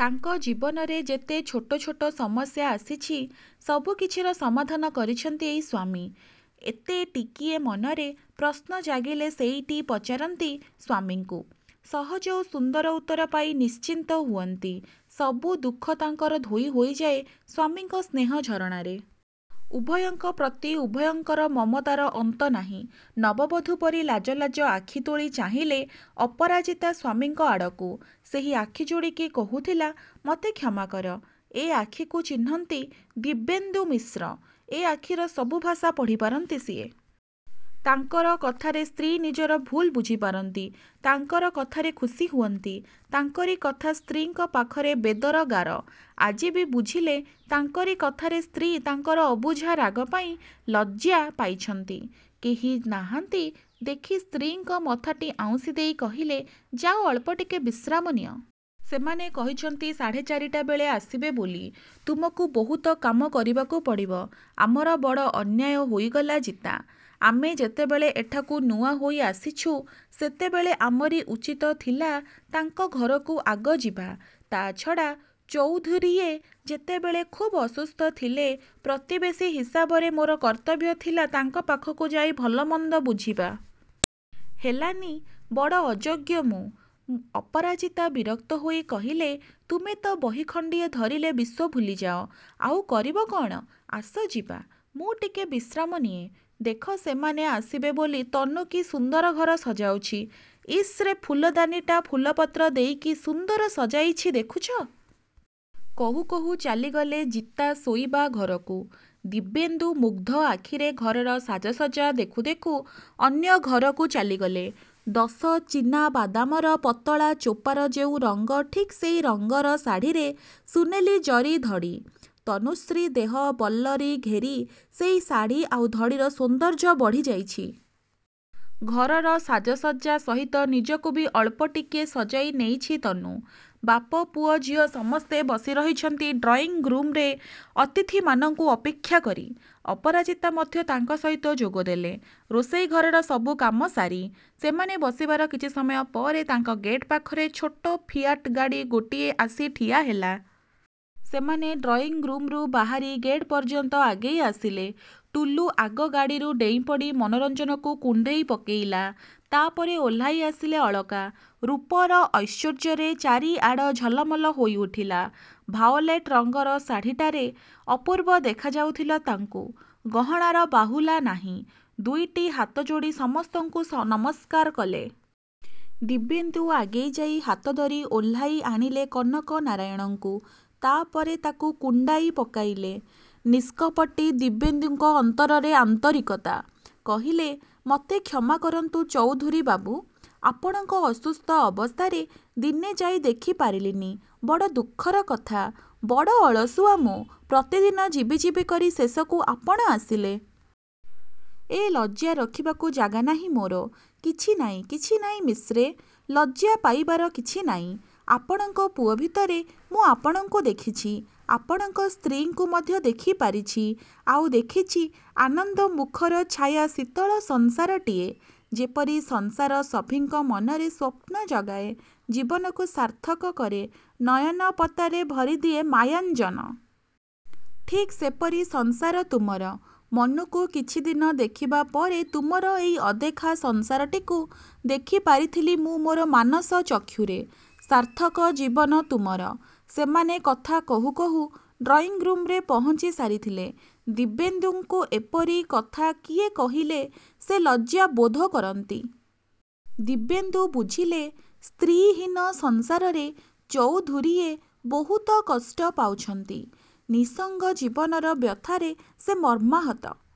ତାଙ୍କ ଜୀବନରେ ଯେତେ ଛୋଟ ଛୋଟ ସମସ୍ୟା ଆସିଛି, ସବୁ କିଛିର ସମାଧାନ କରିଛନ୍ତି ଏଇ ସ୍ୱାମୀ। ଏତେ ଟିକିଏ ମନରେ ପ୍ରଶ୍ନ ଜାଗିଲେ ସେଇଟି ପଚାରନ୍ତି ସ୍ୱାମୀଙ୍କୁ। ସହଜ ଓ ସୁନ୍ଦର ଉତ୍ତର ପାଇ ନିଶ୍ଚିନ୍ତ ହୁଅନ୍ତି-। ସବୁ ଦୁଃଖ ତାଙ୍କର ଧୋଇ ହୋଇଯାଏ ସ୍ୱାମୀଙ୍କ ସ୍ନେହ ଝରଣାରେ। ଉଭୟଙ୍କ ପ୍ରତି ଉଭୟଙ୍କର ମମତାର ଅନ୍ତ ନାହିଁ। ନବବଧୂ ପରି ଲାଜ ଲାଜ ଆଖି ତୋଳି ଚାହିଁଲେ ଅପରାଜିତା ସ୍ୱାମୀଙ୍କ ଆଡ଼କୁ। ସେହି ଆଖି ଯୋଡ଼ିକି କହୁଥିଲା ମୋତେ କ୍ଷମା କର। ଏ ଆଖିକୁ ଚିହ୍ନନ୍ତି ଦିବ୍ୟେନ୍ଦୁ ମିଶ୍ର। ଏ ଆଖିର ସବୁ ଭାଷା ପଢ଼ିପାରନ୍ତି ସିଏ। ତାଙ୍କର କଥାରେ ସ୍ତ୍ରୀ ନିଜର ଭୁଲ୍ ବୁଝିପାରନ୍ତି, ତାଙ୍କର କଥାରେ ଖୁସି ହୁଅନ୍ତି। ତାଙ୍କରି କଥା ସ୍ତ୍ରୀଙ୍କ ପାଖରେ ବେଦର ଗାର। ଆଜି ବି ବୁଝିଲେ ତାଙ୍କରି କଥାରେ ସ୍ତ୍ରୀ ତାଙ୍କର ଅବୁଝା ରାଗ ପାଇଁ ଲଜ୍ଜା ପାଇଛନ୍ତି। କେହି ନାହାନ୍ତି ଦେଖି ସ୍ତ୍ରୀଙ୍କ ମଥାଟି ଆଉଁସିଦେଇ କହିଲେ ଯାଅ ଅଳ୍ପଟିକେ ବିଶ୍ରାମ ନିଅ। ସେମାନେ କହିଛନ୍ତି ସାଢ଼େ ଚାରିଟାବେଳେ ଆସିବେ ବୋଲି। ତୁମକୁ ବହୁତ କାମ କରିବାକୁ ପଡ଼ିବ। ଆମର ବଡ଼ ଅନ୍ୟାୟ ହୋଇଗଲା ଜିତା, ଆମେ ଯେତେବେଳେ ଏଠାକୁ ନୂଆ ହୋଇ ଆସିଛୁ ସେତେବେଳେ ଆମରି ଉଚିତ ଥିଲା ତାଙ୍କ ଘରକୁ ଆଗ ଯିବା। ତା' ଛଡ଼ା ଚୌଧୂରୀଏ ଯେତେବେଳେ ଖୁବ୍ ଅସୁସ୍ଥ ଥିଲେ ପ୍ରତିବେଶୀ ହିସାବରେ ମୋର କର୍ତ୍ତବ୍ୟ ଥିଲା ତାଙ୍କ ପାଖକୁ ଯାଇ ଭଲମନ୍ଦ ବୁଝିବା। ହେଲାନି, ବଡ଼ ଅଯୋଗ୍ୟ ମୁଁ। ଅପରାଜିତା ବିରକ୍ତ ହୋଇ କହିଲେ–ତୁମେ ତ ବହି ଖଣ୍ଡିଏ ଧରିଲେ ବିଶ୍ୱ ଭୁଲିଯାଅ, ଆଉ କରିବ କ'ଣ। ଆସ ଯିବା। ମୁଁ ଟିକେ ବିଶ୍ରାମ ନିଏ। ଦେଖ ସେମାନେ ଆସିବେ ବୋଲି ତନୁ କି ସୁନ୍ଦର ଘର ସଜାଉଛି, ଇସ୍ ସେ ଫୁଲଦାନୀଟା ଫୁଲପତ୍ର ଦେଇ କି ସୁନ୍ଦର ସଜାଇଛି ଦେଖୁଛ? କହୁକହୁ ଚାଲିଗଲେ ଜିତା ଶୋଇବା ଘରକୁ। ଦିବ୍ୟେନ୍ଦୁ ମୁଗ୍ଧ ଆଖିରେ ଘରର ସାଜସଜ୍ଜା ଦେଖୁ ଦେଖୁ ଅନ୍ୟଘରକୁ ଚାଲିଗଲେ। ଦଶ ଚିନାବାଦାମର ପତଳା ଚୋପାର ଯେଉଁ ରଙ୍ଗ ଠିକ୍ ସେଇ ରଙ୍ଗର ଶାଢ଼ିରେ ସୁନେଲୀ ଜରି ଧଡ଼ି। ତନୁଶ୍ରୀ ଦେହ ବଲ୍ଲରୀ ଘେରି ସେଇ ଶାଢ଼ି ଆଉ ଧଡ଼ିର ସୌନ୍ଦର୍ଯ୍ୟ ବଢ଼ିଯାଇଛି। ଘରର ସାଜସଜ୍ଜା ସହିତ ନିଜକୁ ବି ଅଳ୍ପ ଟିକିଏ ସଜାଇ ନେଇଛି ତନୁ। ବାପ ପୁଅ ଝିଅ ସମସ୍ତେ ବସି ରହିଛନ୍ତି ଡ୍ରଇଁ ରୁମ୍ରେ ଅତିଥିମାନଙ୍କୁ ଅପେକ୍ଷା କରି। ଅପରାଜିତା ମଧ୍ୟ ତାଙ୍କ ସହିତ ଯୋଗଦେଲେ, ରୋଷେଇଘରର ସବୁ କାମ ସାରି। ସେମାନେ ବସିବାର କିଛି ସମୟ ପରେ ତାଙ୍କ ଗେଟ୍ ପାଖରେ ଛୋଟ ଫିଆଟ୍ ଗାଡ଼ି ଗୋଟିଏ ଆସି ଠିଆହେଲା। ସେମାନେ ଡ୍ରଇଁ ରୁମ୍ରୁ ବାହାରି ଗେଟ୍ ପର୍ଯ୍ୟନ୍ତ ଆଗେଇଆସିଲେ। ଟୁଲୁ ଆଗ ଗାଡ଼ିରୁ ଡେଇଁପଡ଼ି ମନୋରଞ୍ଜନକୁ କୁଣ୍ଢେଇ ପକେଇଲା। ତାପରେ ଓହ୍ଲାଇଆସିଲେ ଅଳକା। ରୂପର ଐଶ୍ୱର୍ଯ୍ୟରେ ଚାରିଆଡ଼ ଝଲମଲ ହୋଇଉଠିଲା। ଭାଓଲେଟ୍ ରଙ୍ଗର ଶାଢ଼ିଟାରେ ଅପୂର୍ବ ଦେଖାଯାଉଥିଲା ତାଙ୍କୁ। ଗହଣାର ବାହୁଲା ନାହିଁ। ଦୁଇଟି ହାତଯୋଡ଼ି ସମସ୍ତଙ୍କୁ ନମସ୍କାର କଲେ। ଦିବ୍ୟେନ୍ଦୁ ଆଗେଇଯାଇ ହାତ ଧରି ଓହ୍ଲାଇ ଆଣିଲେ କନକନାରାୟଣଙ୍କୁ। ତାପରେ ତାକୁ କୁଣ୍ଢାଇ ପକାଇଲେ। ନିଷ୍କପଟି ଦିବ୍ୟେନ୍ଦୁଙ୍କ ଅନ୍ତରରେ ଆନ୍ତରିକତା। କହିଲେ–ମତେ କ୍ଷମା କରନ୍ତୁ ଚଉଧୂରୀ ବାବୁ! ଆପଣଙ୍କ ଅସୁସ୍ଥ ଅବସ୍ଥାରେ ଦିନେ ଯାଇ ଦେଖିପାରିଲିନି। ବଡ଼ ଦୁଃଖର କଥା। ବଡ଼ ଅଳସୁଆ ମୁଁ। ପ୍ରତିଦିନ ଯିବି ଯିବି କରି ଶେଷକୁ ଆପଣ ଆସିଲେ। ଏ ଲଜ୍ଜା ରଖିବାକୁ ଜାଗା ନାହିଁ ମୋର। କିଛି ନାଇଁ, କିଛି ନାଇଁ ମିଶ୍ରେ। ଲଜ୍ଜା ପାଇବାର କିଛି ନାଇଁ। ଆପଣଙ୍କ ପୁଅ ଭିତରେ ମୁଁ ଆପଣଙ୍କୁ ଦେଖିଛି। ଆପଣଙ୍କ ସ୍ତ୍ରୀଙ୍କୁ ମଧ୍ୟ ଦେଖିପାରିଛି। ଆଉ ଦେଖିଛି ଆନନ୍ଦମୁଖର ଛାୟା ଶୀତଳ ସଂସାରଟିଏ। ଯେପରି ସଂସାର ସଭିଙ୍କ ମନରେ ସ୍ୱପ୍ନ ଜଗାଏ, ଜୀବନକୁ ସାର୍ଥକ କରେ, ନୟନ ପତାରେ ଭରିଦିଏ ମାୟାଞ୍ଜନ। ଠିକ୍ ସେପରି ସଂସାର ତୁମର। ମନୁକୁ କିଛିଦିନ ଦେଖିବା ପରେ ତୁମର ଏଇ ଅଦେଖା ସଂସାରଟିକୁ ଦେଖିପାରିଥିଲି ମୁଁ ମୋର ମାନସ ଚକ୍ଷୁରେ। ସାର୍ଥକଜୀବନ ତୁମର। ସେମାନେ କଥା କହୁ କହୁ ଡ୍ରଇଁରୁମ୍ରେ ପହଞ୍ଚି ସାରିଥିଲେ। ଦିବ୍ୟେନ୍ଦୁଙ୍କୁ ଏପରି କଥା କିଏ କହିଲେ ସେ ଲଜ୍ଜା ବୋଧ କରନ୍ତି। ଦିବ୍ୟେନ୍ଦୁ ବୁଝିଲେ– ସ୍ତ୍ରୀ ହୀନ ସଂସାରରେ ଚଉଧୁରୀଏ ବହୁତ କଷ୍ଟ ପାଉଛନ୍ତି। ନିଃସଙ୍ଗ ଜୀବନର ବ୍ୟଥାରେ ସେ ମର୍ମାହତ।